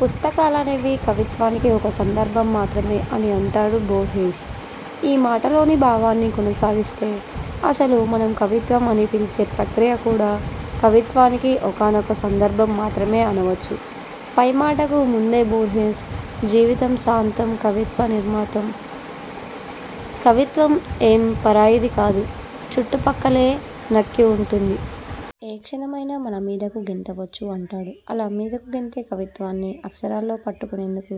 "పుస్తకాలనేవి కవిత్వానికి ఒక సందర్భం మాత్రమే'' అని అంటాడు బోర్హెస్. ఈ మాటలోని భావాన్నే కొనసాగిస్తే, అసలు మనం కవిత్వం అని పిలిచే ప్రక్రియ కూడా కవిత్వానికి ఒకానొక సందర్భం మాత్రమే అనవచ్చు. పై మాటకు ముందే బోర్హెస్, ''జీవితం సాంతం కవిత్వ నిర్మాతం. కవిత్వమ్ ఎం పరాయిది కాదు, చుట్టుపక్కలే నక్కి వుంటుంది. ఏ క్షణమైనా మన మీదకు గెంతవచ్చు'' అంటాడు. అలా మీదకు గెంతే కవిత్వాన్ని అక్షరాల్లో పట్టుకునేందుకు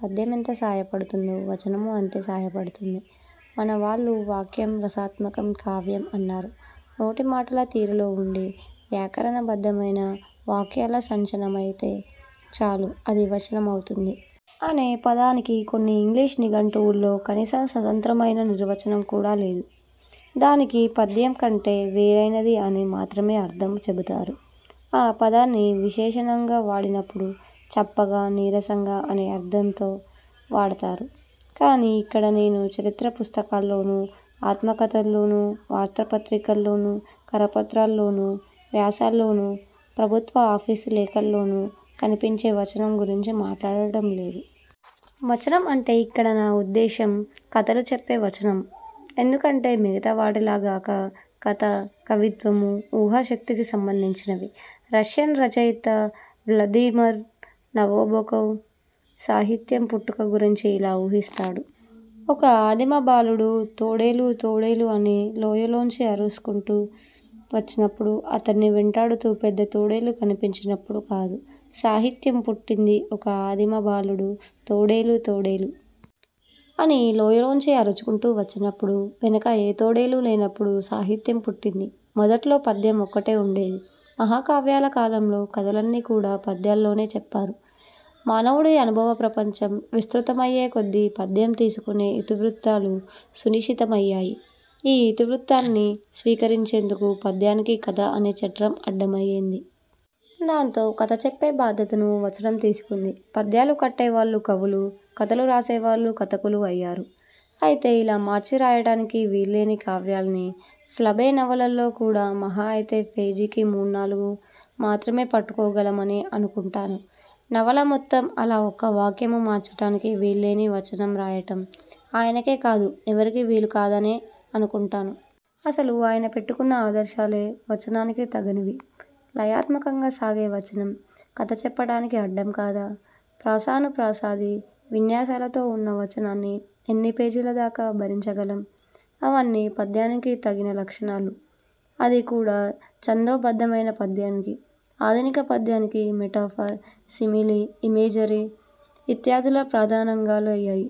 పద్యమెంత సాయపడుతుందో, వచనమూ అంతే సాయపడుతుంది. మనవాళ్లు ''వాక్యం రసాత్మకం కావ్యం'' అన్నారు. నోటి మాటల తీరులో ఉండి, వ్యాకరణబద్ధమైన వాక్యాల సంచయమైతే చాలు అది వచనం అవుతుంది. ' అనే పదానికి కొన్ని ఇంగ్లీష్ నిఘంటువుల్లో కనీసం స్వతంత్రమైన నిర్వచనం కూడా లేదు. దానికి పద్యం కంటే వేరైనది అని మాత్రమే అర్థం చెబుతారు. ఆ పదాన్ని విశేషణంగా వాడినపుడు 'చప్పగా', 'నీరసంగా' అనే అర్థంలో వాడతారు. కానీ ఇక్కడ నేను చరిత్ర పుస్తకాల్లోనూ, ఆత్మకథల్లోనూ, వార్తాపత్రికల్లోనూ, కరపత్రాల్లోనూ, వ్యాసాల్లోనూ, ప్రభుత్వ ఆఫీసు లేఖల్లోనూ కనిపించే వచనం గురించి మాట్లాడటం లేదు. వచనం అంటే ఇక్కడ నా ఉద్దేశం కథలు చెప్పే వచనం. ఎందుకంటే, మిగతావాటిలా గాక కథా, కవిత్వమూ ఊహాశక్తికి సంబంధించినవి. రష్యన్ రచయిత వ్లదీమర్ నబొకొవ్ సాహిత్యం పుట్టుక గురించి ఇలా ఊహిస్తాడు ''ఒక ఆదిమ బాలుడు 'తోడేలు తోడేలు! ' అని లోయలోంచి అరుచుకుంటూ వచ్చినప్పుడూ, అతడ్ని వెంటాడుతూ పెద్ద తోడేలు కనిపించినప్పుడూ కాదు సాహిత్యం పుట్టింది ఒక ఆదిమ బాలుడు 'తోడేలు తోడేలు! ' అని లోయలోంచి అరుచుకుంటూ వచ్చినప్పుడూ, వెనక ఏ తోడేలూ లేనప్పుడూ సాహిత్యం పుట్టింది. '' మొదట్లో పద్యం ఒక్కటే ఉండేది. మహాకావ్యాల కాలంలో కథల్ని కూడా పద్యాల్లోనే చెప్పారు. మానవుడి అనుభవ ప్రపంచం విస్తృతమయ్యే కొద్దీ పద్యం తీసుకునే ఇతివృ త్తాలు సునిశితమయ్యాయి. ఆ ఇతివృత్తాల్ని స్వీకరించేందుకు పద్యానికి కథ అనే చట్రం అడ్డమయ్యింది. దాంతో కథ చెప్పే బాధ్యతను వచనం తీసుకుంది. పద్యాలు కట్టేవాళ్ళు కవులూ, కథలు రాసేవాళ్ళు కథకులూ అయ్యారు. అయితే ఇలా మార్చి రాయటానికి వీల్లేని వాక్యాల్ని ఫ్లాబె నవలల్లో కూడా మహా అయితే పేజీకి మూణ్ణాలుగు మాత్రమే పట్టుకోగలమని అనుకుంటాను. నవల మొత్తం అలా ఒక్క వాక్యమూ ''మార్చటానికి వీల్లేని'' వచనం రాయటం ఆయనకే కాదు, ఎవరికీ వీలు కాదనే అనుకుంటాను. అసలు ఆయన పెట్టుకున్న ఆదర్శాలే వచనానికి తగనివి. లయాత్మకతంగా సాగే వచనం కథ చెప్పటానికి అడ్డం కాదా? ప్రాసానుప్రాసాది విన్యాసాలతో వున్న వచనాన్ని ఎన్ని పేజీల దాకా భరించగలం? అవన్నీ పద్యానికి తగిన లక్షణాలు. అది కూడా ఛందోబద్ధమైన పద్యానికి. ఆధునిక పద్యానికి మెటఫర్, సిమిలీ, ఇమేజరీ ఇత్యాదులు ప్రధానాంగాలయ్యాయి.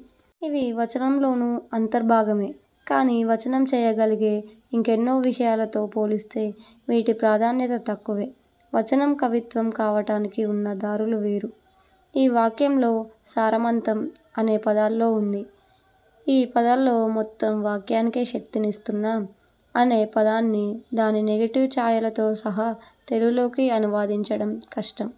ఇవి వచనంలోనూ అంతర్భాగమే. కానీ వచనం చేయగలిగే ఇంకెన్నో విషయాలతో పోలిస్తే వీటి ప్రాధాన్యత తక్కువే. వచనం కవిత్వం కావటానికి ఉన్న దారులు వేరు. ఈ వాక్యంలోని సారమంతా ""'' అనే పదాల్లో ఉంది. ఈ పదాల్లో మొత్తం వాక్యానికే శక్తినిస్తున్న ""'' అనే పదాన్ని దాని నెగెటివ్ ఛాయలతో సహా తెలుగులోకి అనువదించటం కష్టం"